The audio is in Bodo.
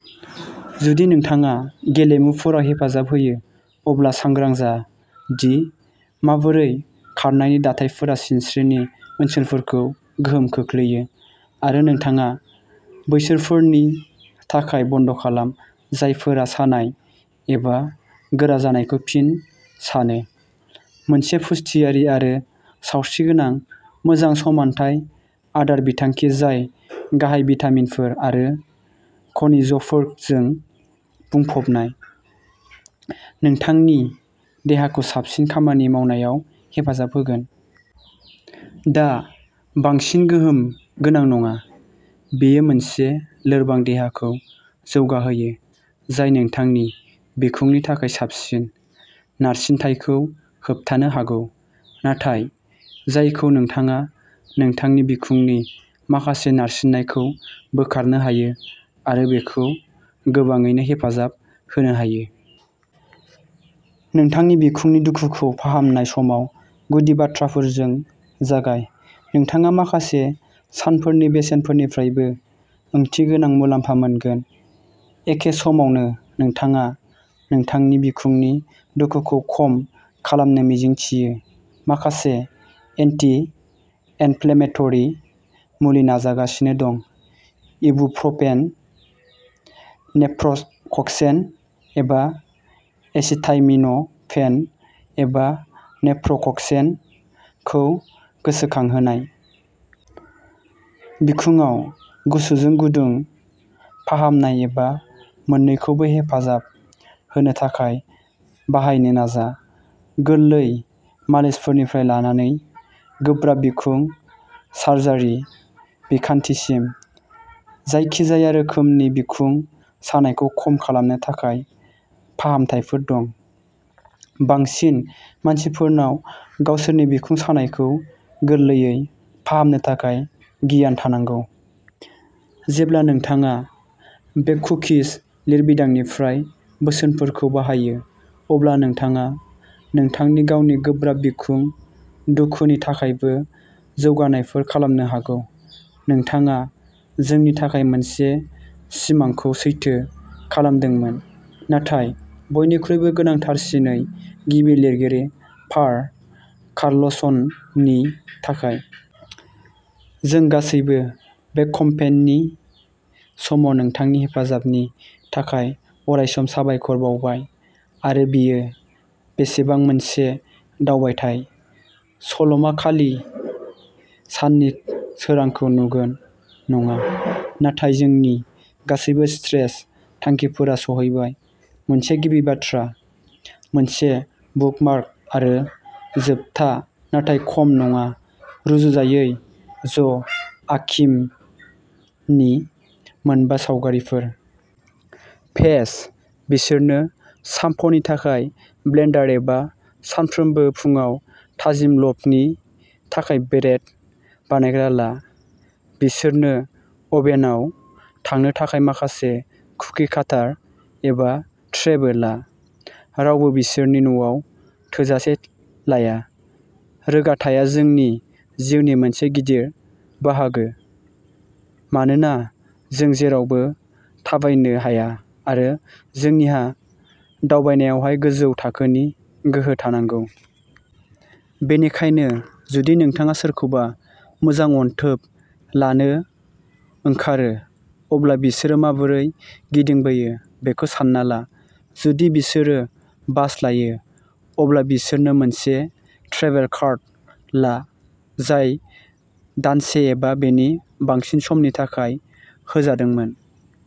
जुदि नोंथाङा गेलेमुफोराव हेफाजाब होयो, अब्ला सांग्रां जा दि माबोरै खारनायनि दाथायफोरा सिनस्रिनि ओनसोलफोरखौ गोहोम खोख्लैयो, आरो नोंथाङा बैसोरफोरनि थाखाय बन्द'खालाम जायफोरा सानाय एबा गोरा जानायखौ फिन सानो। मोनसे पुष्टियारि आरो सावस्रिगोनां मोजां-समानथाय आदार बिथांखि जाय गाहाय भिटामिनफोर आरो खनिजफोरजों बुंफबनाय, नोंथांनि देहाखौ साबसिन खामानि मावनायाव हेफाजाब होगोन। दा बांसिन गोहोम गोनां नङा, बेयो मोनसे लोरबां देहाखौ जौगाहोयो जाय नोंथांनि बिखुंनि थाखाय साबसिन नारसिनथायखौ होबथानो हागौ, नाथाय जायखौ नोंथाङा नोंथांनि बिखुंनि माखासे नारसिननायखौ बोखारनो हायो आरो बेखौ गोबाङैनो हेफाजाब होनो हायो। नोंथांनि बिखुंनि दुखुखौ फाहामनाय समाव गुदि बाथ्राफोरजों जागाय। नोंथाङा माखासे सानफोरनि बेसेननिफ्रायबो ओंथिगोनां मुलाम्फा मोनगोन। एखे समावनो नोंथाङा नोंथांनि बिखुंनि दुखुखौ खम खालामनो मिजिंथियो, माखासे एन्टि-इनफ्लेमेटरि मुलि नाजागासिनो दं, इबुप्रफेन, नेप्र'क्सेन एबा एसिटामिन'फेन, एबा नेप्र'क्सेनखौ गोसोखांहोनाय। बिखुङाव गुसुजों गुदुं फाहामनाय एबा मोन्नैखौबो हेफाजाब होनो थाखाय बाहायनो नाजा। गोरलै मालिसनिफ्राय लानानै गोब्राब बिखुं सार्जारि बिखान्थिसिम, जायखिजाया रोखोमनि बिखुं सानायखौ खम खालामनो थाखाय फाहामनायफोर दं। बांसिन मानसिफोरनाव गावसोरनि बिखुं सानायखौ गोरलैयै फाहामनो थाखाय गियान थानांगौ। जेब्ला नोंथाङा बे कुकिज लिरबिदांनिफ्राय बोसोनफोरखौ बाहायो, अब्ला नोंथाङा नोंथांनि गावनि गोब्राब बिखुं दुखुनि थाखायबो जौगानायफोर खालामनो हागौ। नोंथाङा जोंनि थाखाय मोनसे सिमांखौ सैथो खालामदोंमोन, नाथाय बयनिख्रुइबो गोनांथारसिनै गिबि लिरगिरि पार कार्लसननि थाखाय। जों गासैबो बे केम्पेइननि समाव नोंथांनि हेफाजाबनि थाखाय अरायसम साबायखर बावबाय। आरो बेयो बेसेबां मोनसे दावबायथाय! सल'मा खालि साननि सोरांखौ नुगोन नङा, नाथाय जोंनि गासैबो स्ट्रेच थांखिफोरा सौहैबायः मोनसे गिबि बाथ्रा, मोनसे बुकमार्क आरो जोबथा नाथाय खम नङा, रुजुजायै ज'आकिमनि मोनबा सावगारिफोर। पैच, बिसोरनो सामपनि थाखाय ब्लेन्डार एबा सानफ्रोमबो फुंआव थाजिम ल'फनि थाखाय ब्रेड बानायग्रा ला। बिसोरनो अभेनआव थांनो थाखाय माखासे कुकि काटार एबा ट्रेबो ला; रावबो बिसोरनि न'आव थोजासे लाया! रोगाथाइआ जोंनि जिउनि मोनसे गिदिर बाहागो, मानोना जों जेरावबो थाबायनो हाया आरो जोंनिहा दावबायनायाव गोजौ थाखोनि गोहो थानांगौ। बेनिखायनो जुदि नोंथाङा सोरखौबा मोजां अनथोब लानो ओंखारो, अब्ला बिसोर माबोरै गिदिंबोयो बेखौ सानना ला। जुदि बिसोरो बास लायो, अब्ला बिसोरनो मोनसे ट्रेभेल कार्ड ला जाय दानसे एबा बेनि बांसिन समनि थाखाय होजादोंमोन।